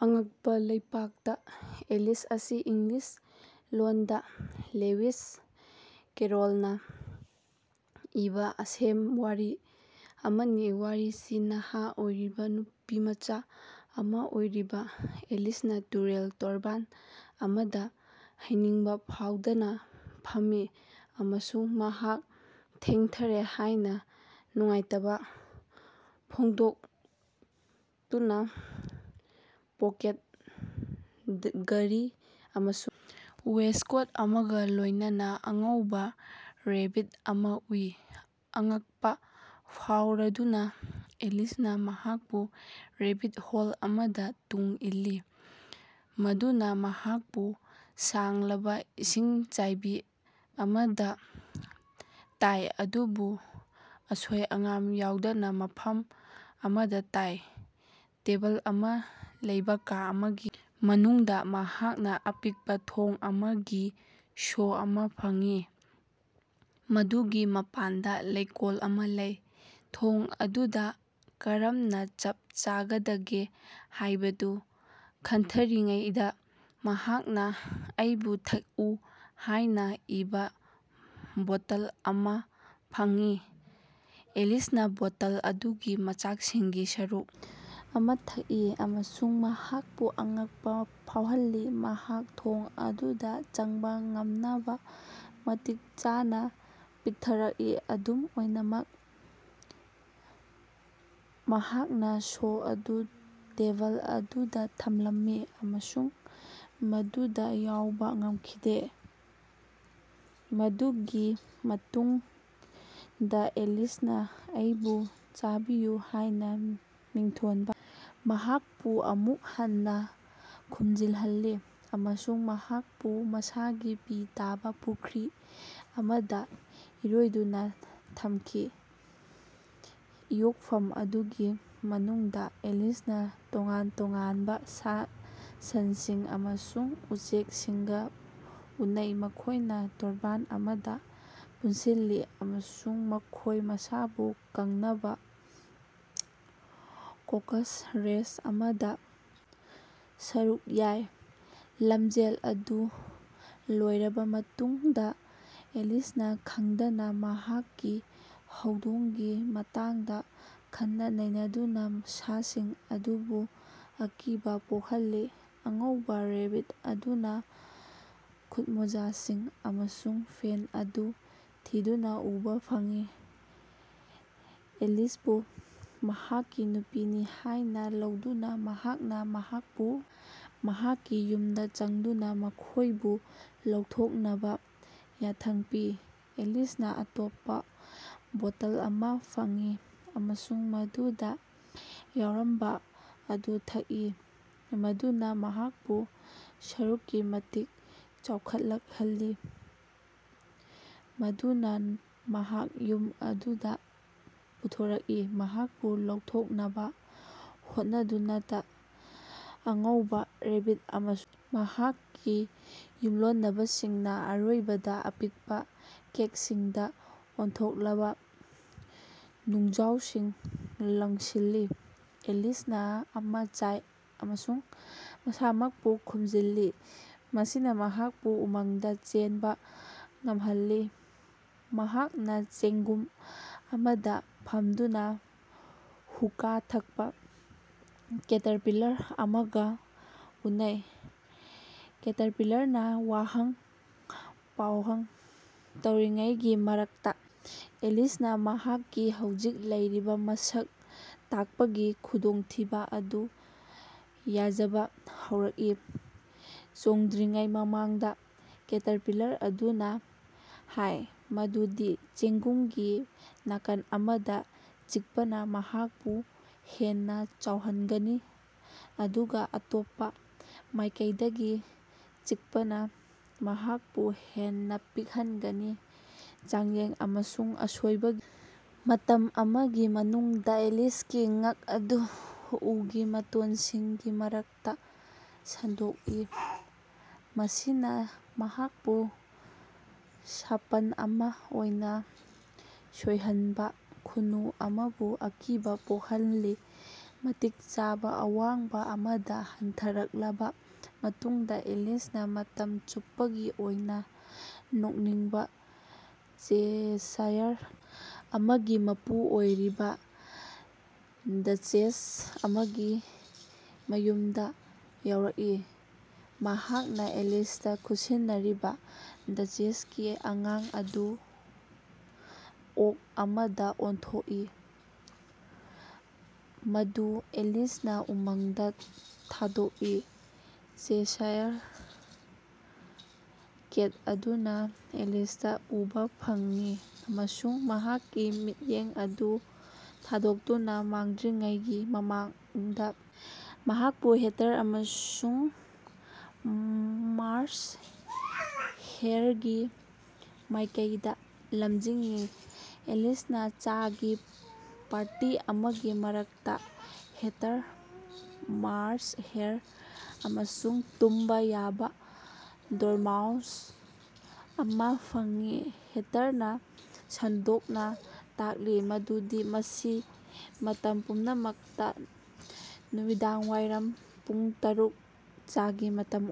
ꯑꯉꯛꯄ ꯂꯩꯄꯥꯛꯇ ꯑꯦꯂꯤꯁ ꯑꯁꯤ ꯏꯪꯂꯤꯁ ꯂꯣꯟꯗ ꯂꯦꯋꯤꯁ ꯀꯦꯔꯣꯜꯅ ꯏꯕ ꯑꯁꯦꯝꯋꯥꯔꯤ ꯑꯃꯅꯤ꯫ ꯋꯥꯔꯤꯁꯤ ꯅꯍꯥ ꯑꯣꯏꯔꯤꯕ ꯅꯨꯄꯤꯃꯆꯥ ꯑꯃ ꯑꯣꯏꯔꯤꯕ ꯑꯦꯂꯤꯁꯅ ꯇꯨꯔꯦꯜ ꯇꯣꯔꯕꯥꯟ ꯑꯃꯗ ꯍꯩꯅꯤꯡꯕ ꯐꯥꯎꯗꯅ ꯐꯝꯃꯤ ꯑꯃꯁꯨꯡ ꯃꯍꯥꯛ ꯊꯦꯡꯊꯔꯦ ꯍꯥꯏꯅ ꯅꯨꯡꯉꯥꯏꯇꯕ ꯐꯣꯡꯗꯣꯛꯇꯨꯅ ꯄꯣꯀꯦꯠ ꯘꯔꯤ ꯑꯃꯁꯨꯡ ꯋꯦꯁ꯭ꯠꯀꯣꯠ ꯑꯃꯒ ꯂꯣꯏꯅꯅ ꯑꯉꯧꯕ ꯔꯦꯕꯤꯠ ꯑꯃ ꯎꯏ꯫ ꯑꯉꯛꯄ ꯐꯥꯎꯔꯗꯨꯅ, ꯑꯦꯂꯤꯁꯅ ꯃꯍꯥꯛꯄꯨ ꯔꯦꯕꯤꯠ ꯍꯣꯜ ꯑꯃꯗ ꯇꯨꯡ ꯏꯜꯂꯤ꯫ ꯃꯗꯨꯅ ꯃꯍꯥꯛꯄꯨ ꯁꯥꯡꯂꯕ ꯏꯁꯤꯡꯆꯥꯏꯕꯤ ꯑꯃꯗ ꯇꯥꯏ ꯑꯗꯨꯕꯨ ꯑꯁꯣꯏ-ꯑꯉꯥꯝ ꯌꯥꯎꯗꯅ ꯃꯐꯝ ꯑꯃꯗ ꯇꯥꯏ꯫ ꯇꯦꯕꯜ ꯑꯃ ꯂꯩꯕ ꯀꯥ ꯑꯃꯒꯤ ꯃꯅꯨꯡꯗ ꯃꯍꯥꯛꯅ ꯑꯄꯤꯛꯄ ꯊꯣꯡ ꯑꯃꯒꯤ ꯁꯣ ꯑꯃ ꯐꯪꯏ, ꯃꯗꯨꯒꯤ ꯃꯄꯥꯟꯗ ꯂꯩꯀꯣꯜ ꯑꯃ ꯂꯩ꯫ ꯊꯣꯡ ꯑꯗꯨꯗ ꯀꯔꯝꯅ ꯆꯞ ꯆꯥꯒꯗꯒꯦ ꯍꯥꯏꯕꯗꯨ ꯈꯟꯊꯔꯤꯉꯩꯗ ꯃꯍꯥꯛꯅ "ꯑꯩꯕꯨ ꯊꯛꯎ" ꯍꯥꯏꯅ ꯏꯕ ꯕꯣꯇꯜ ꯑꯃ ꯐꯪꯉꯤ꯫ ꯑꯦꯂꯤꯁꯅ ꯕꯣꯇꯜ ꯑꯗꯨꯒꯤ ꯃꯆꯥꯛꯁꯤꯡꯒꯤ ꯁꯔꯨꯛ ꯑꯃ ꯊꯛꯏ ꯑꯃꯁꯨꯡ ꯃꯍꯥꯛꯄꯨ ꯑꯉꯛꯄ ꯐꯥꯎꯍꯜꯂꯤ ꯃꯍꯥꯛ ꯊꯣꯡ ꯑꯗꯨꯗ ꯆꯪꯕ ꯉꯝꯅꯕ ꯃꯇꯤꯛ ꯆꯥꯅ ꯄꯤꯛꯊꯔꯛꯏ꯫ ꯑꯗꯨꯝ ꯑꯣꯏꯅꯃꯛ, ꯃꯍꯥꯛꯅ ꯁꯣ ꯑꯗꯨ ꯇꯦꯕꯜ ꯑꯗꯨꯗ ꯊꯝꯂꯝꯃꯤ ꯑꯃꯁꯨꯡ ꯃꯗꯨꯗ ꯌꯧꯕ ꯉꯝꯈꯤꯗꯦ꯫ ꯃꯗꯨꯒꯤ ꯃꯇꯨꯡꯗ ꯑꯦꯂꯤꯁꯅ "ꯑꯩꯕꯨ ꯆꯥꯕꯤꯌꯨ" ꯍꯥꯏꯅ ꯃꯤꯡꯊꯣꯟꯕ ꯃꯍꯥꯛꯄꯨ ꯑꯃꯨꯛ ꯍꯟꯅ ꯈꯨꯝꯖꯤꯜꯍꯜꯂꯤ ꯑꯃꯁꯨꯡ ꯃꯍꯥꯛꯄꯨ ꯃꯁꯥꯒꯤ ꯄꯤ ꯇꯥꯕ ꯄꯨꯈ꯭ꯔꯤ ꯑꯃꯗ ꯏꯔꯣꯏꯗꯨꯅ ꯊꯝꯃꯤ꯫ ꯏꯌꯣꯛꯐꯝ ꯑꯗꯨꯒꯤ ꯃꯅꯨꯡꯗ, ꯑꯦꯂꯤꯁꯅ ꯇꯣꯉꯥꯟ-ꯇꯣꯉꯥꯟꯕ ꯁꯥ-ꯁꯟꯁꯤꯡ ꯑꯃꯁꯨꯡ ꯎꯆꯦꯛꯁꯤꯡꯒ ꯎꯅꯩ, ꯃꯈꯣꯏꯅ ꯇꯣꯔꯕꯥꯟ ꯑꯃꯗ ꯄꯨꯟꯁꯤꯜꯂꯤ ꯑꯃꯁꯨꯡ ꯃꯈꯣꯏ ꯃꯁꯥꯕꯨ ꯀꯪꯅꯕ "ꯀꯣꯀꯁ ꯔꯦꯁ" ꯑꯃꯗ ꯁꯔꯨꯛ ꯌꯥꯏ꯫ ꯂꯝꯖꯦꯜ ꯑꯗꯨ ꯂꯣꯏꯔꯕ ꯃꯇꯨꯡꯗ, ꯑꯦꯂꯤꯁꯅ ꯈꯪꯗꯅ ꯃꯍꯥꯛꯀꯤ ꯍꯧꯗꯣꯡꯒꯤ ꯃꯇꯥꯡꯗ ꯈꯟꯅ-ꯅꯩꯅꯗꯨꯅ ꯁꯥꯁꯤꯡ ꯑꯗꯨꯕꯨ ꯑꯀꯤꯕ ꯄꯣꯛꯍꯜꯂꯤ꯫ ꯑꯉꯧꯕ ꯔꯦꯕꯤꯠ ꯑꯗꯨꯅ ꯈꯨꯠꯃꯣꯖꯥꯁꯤꯡ ꯑꯃꯁꯨꯡ ꯐꯦꯟ ꯑꯗꯨ ꯊꯤꯗꯨꯅ ꯎꯕ ꯐꯪꯏ꯫ ꯑꯦꯂꯤꯁꯄꯨ ꯃꯍꯥꯛꯀꯤ ꯅꯨꯄꯤꯅꯤ ꯍꯥꯏꯅ ꯂꯧꯗꯨꯅ, ꯃꯍꯥꯛꯅ ꯃꯍꯥꯛꯄꯨ ꯃꯍꯥꯛꯀꯤ ꯌꯨꯝꯗ ꯆꯪꯗꯨꯅ ꯃꯈꯣꯏꯕꯨ ꯂꯧꯊꯣꯛꯅꯕ ꯌꯥꯊꯪ ꯄꯤ꯫ ꯑꯦꯂꯤꯁꯅ ꯑꯇꯣꯞꯄ ꯕꯣꯇꯜ ꯑꯃ ꯐꯪꯏ ꯑꯃꯁꯨꯡ ꯃꯗꯨꯗ ꯌꯥꯎꯔꯝꯕ ꯑꯗꯨ ꯊꯛꯏ, ꯃꯗꯨꯅ ꯃꯍꯥꯛꯄꯨ ꯑꯁꯨꯛꯀꯤ ꯃꯇꯤꯛ ꯆꯥꯎꯈꯠꯍꯜꯂꯤ ꯃꯗꯨꯅ ꯃꯍꯥꯛ ꯌꯨꯝ ꯑꯗꯨꯗ ꯄꯨꯊꯣꯔꯛꯏ꯫ ꯃꯍꯥꯛꯄꯨ ꯂꯧꯊꯣꯛꯅꯕ ꯍꯣꯠꯅꯗꯨꯅꯗ ꯑꯉꯧꯕ ꯔꯦꯕꯤꯠ ꯑꯃꯁꯨꯡ ꯃꯍꯥꯛꯀꯤ ꯌꯨꯝꯂꯣꯟꯅꯕꯁꯤꯡꯅ ꯑꯔꯣꯏꯕꯗ ꯑꯄꯤꯛꯄ ꯀꯦꯛꯁꯤꯡꯗ ꯑꯣꯟꯊꯣꯛꯂꯕ ꯅꯨꯡꯖꯥꯎꯁꯤꯡ ꯂꯪꯁꯤꯜꯂꯤ꯫ ꯑꯦꯂꯤꯁꯅ ꯑꯃ ꯆꯥꯏ ꯑꯃꯁꯨꯡ ꯃꯁꯥꯃꯛꯄꯨ ꯈꯨꯝꯖꯤꯜꯂꯤ, ꯃꯁꯤꯅ ꯃꯍꯥꯛꯄꯨ ꯎꯃꯪꯗ ꯆꯦꯟꯕ ꯉꯝꯍꯜꯂꯤ꯫ ꯃꯍꯥꯛꯅ ꯆꯦꯡꯒꯨꯝ ꯑꯃꯗ ꯐꯝꯗꯨꯅ ꯍꯨꯀꯥ ꯊꯛꯄ ꯀꯦꯇꯔꯄꯤꯂꯔ ꯑꯃꯒ ꯎꯅꯩ꯫ ꯀꯦꯇꯔꯄꯤꯂꯔꯅ ꯋꯥꯍꯪ ꯄꯥꯎꯍꯪ ꯇꯧꯔꯤꯉꯩꯒꯤ ꯃꯔꯛꯇ, ꯑꯦꯂꯤꯁꯅ ꯃꯍꯥꯛꯀꯤ ꯍꯧꯖꯤꯛ ꯂꯩꯔꯤꯕ ꯃꯁꯛ ꯇꯥꯛꯄꯒꯤ ꯈꯨꯗꯣꯡꯊꯤꯕ ꯑꯗꯨ ꯌꯥꯖꯕ ꯍꯧꯔꯛꯏ꯫ ꯆꯣꯡꯗ꯭ꯔꯤꯉꯩ ꯃꯃꯥꯡꯗ, ꯀꯦꯇꯔꯄꯤꯂꯔ ꯑꯗꯨꯅ ꯍꯥꯏ ꯃꯗꯨꯗꯤ ꯆꯦꯡꯒꯨꯝꯒꯤ ꯅꯥꯀꯟ ꯑꯃꯗ ꯆꯤꯛꯄꯅ ꯃꯍꯥꯛꯄꯨ ꯍꯦꯟꯅ ꯆꯥꯎꯍꯟꯒꯅꯤ ꯑꯗꯨꯒ ꯑꯇꯣꯞꯄ ꯃꯥꯏꯀꯩꯗꯒꯤ ꯆꯤꯛꯄꯅ ꯃꯍꯥꯛꯄꯨ ꯍꯦꯟꯅ ꯄꯤꯛꯍꯟꯒꯅꯤ꯫ ꯆꯥꯡꯌꯦꯡ ꯑꯃꯁꯨꯡ ꯑꯁꯣꯏꯕꯒꯤ ꯃꯇꯝ ꯑꯃꯒꯤ ꯃꯅꯨꯡꯗ, ꯑꯦꯂꯤꯁꯀꯤ ꯉꯛ ꯑꯗꯨ ꯎꯒꯤ ꯃꯇꯣꯟꯁꯤꯡꯒꯤ ꯃꯔꯛꯇ ꯁꯟꯗꯣꯛꯏ, ꯃꯁꯤꯅ ꯃꯍꯥꯛꯄꯨ ꯁꯥꯄꯟ ꯑꯃ ꯑꯣꯏꯅ ꯁꯣꯏꯍꯟꯕ ꯈꯨꯅꯨ ꯑꯃꯕꯨ ꯑꯀꯤꯕ ꯄꯣꯛꯍꯜꯂꯤ꯫ ꯃꯇꯤꯛ ꯆꯥꯕ ꯑꯋꯥꯡꯕ ꯑꯃꯗ ꯍꯟꯊꯔꯛꯂꯕ ꯃꯇꯨꯡꯗ, ꯑꯦꯂꯤꯁꯅ ꯃꯇꯝ ꯆꯨꯞꯄꯒꯤ ꯑꯣꯏꯅ ꯅꯣꯛꯅꯤꯡꯕ ꯆꯦꯁꯥꯌꯔ ꯀꯦꯠ ꯑꯃꯒꯤ ꯃꯄꯨ ꯑꯣꯏꯔꯤꯕ ꯗꯆꯦꯁ ꯑꯃꯒꯤ ꯃꯌꯨꯝꯗ ꯌꯧꯔꯛꯏ꯫ ꯃꯍꯥꯛꯅ ꯑꯦꯂꯤꯁꯇ ꯈꯨꯠꯁꯤꯟꯅꯔꯤꯕ ꯗꯆꯦꯁꯀꯤ ꯑꯉꯥꯡ ꯑꯗꯨ ꯑꯣꯛ ꯑꯃꯗ ꯑꯣꯟꯊꯣꯛꯏ, ꯃꯗꯨ ꯑꯦꯂꯤꯁꯅ ꯎꯃꯪꯗ ꯊꯥꯗꯣꯛꯏ꯫ ꯆꯦꯁꯥꯌꯔ ꯀꯦꯠ ꯑꯗꯨꯅ ꯑꯦꯂꯤꯁꯇ ꯎꯕ ꯐꯪꯏ ꯑꯃꯁꯨꯡ ꯃꯍꯥꯛꯀꯤ ꯃꯤꯠꯌꯦꯡ ꯑꯗꯨ ꯊꯥꯗꯣꯛꯇꯨꯅ ꯃꯥꯡꯗ꯭ꯔꯤꯉꯩ ꯃꯃꯥꯡꯗ ꯃꯍꯥꯛꯄꯨ ꯍꯦꯇꯔ ꯑꯃꯁꯨꯡ ꯃꯥꯔ꯭ꯆ ꯍꯦꯔꯒꯤ ꯃꯥꯏꯀꯩꯗ ꯂꯝꯖꯤꯡꯏ꯫ ꯑꯦꯂꯤꯁꯅ ꯆꯥꯒꯤ ꯄꯥꯔꯇꯤ ꯑꯃꯒꯤ ꯃꯔꯛꯇ ꯍꯦꯇꯔ, ꯃꯥꯔ꯭ꯆ ꯍꯦꯔ ꯑꯃꯁꯨꯡ ꯇꯨꯝꯕ ꯌꯥꯕ ꯗꯣꯔꯃꯥꯎꯁ ꯑꯃ ꯐꯪꯏ꯫ ꯍꯦꯇꯔꯅ ꯁꯟꯗꯣꯛꯅ ꯇꯥꯛꯂꯤ ꯃꯗꯨꯗꯤ ꯃꯁꯤ ꯃꯇꯝ ꯄꯨꯡꯅꯃꯛꯇ ꯅꯨꯃꯤꯗꯥꯡꯋꯥꯏꯔꯝ ꯄꯨꯡ ꯇꯔꯨꯛ ꯆꯥꯒꯤ ꯃꯇꯝꯑꯣꯏ꯫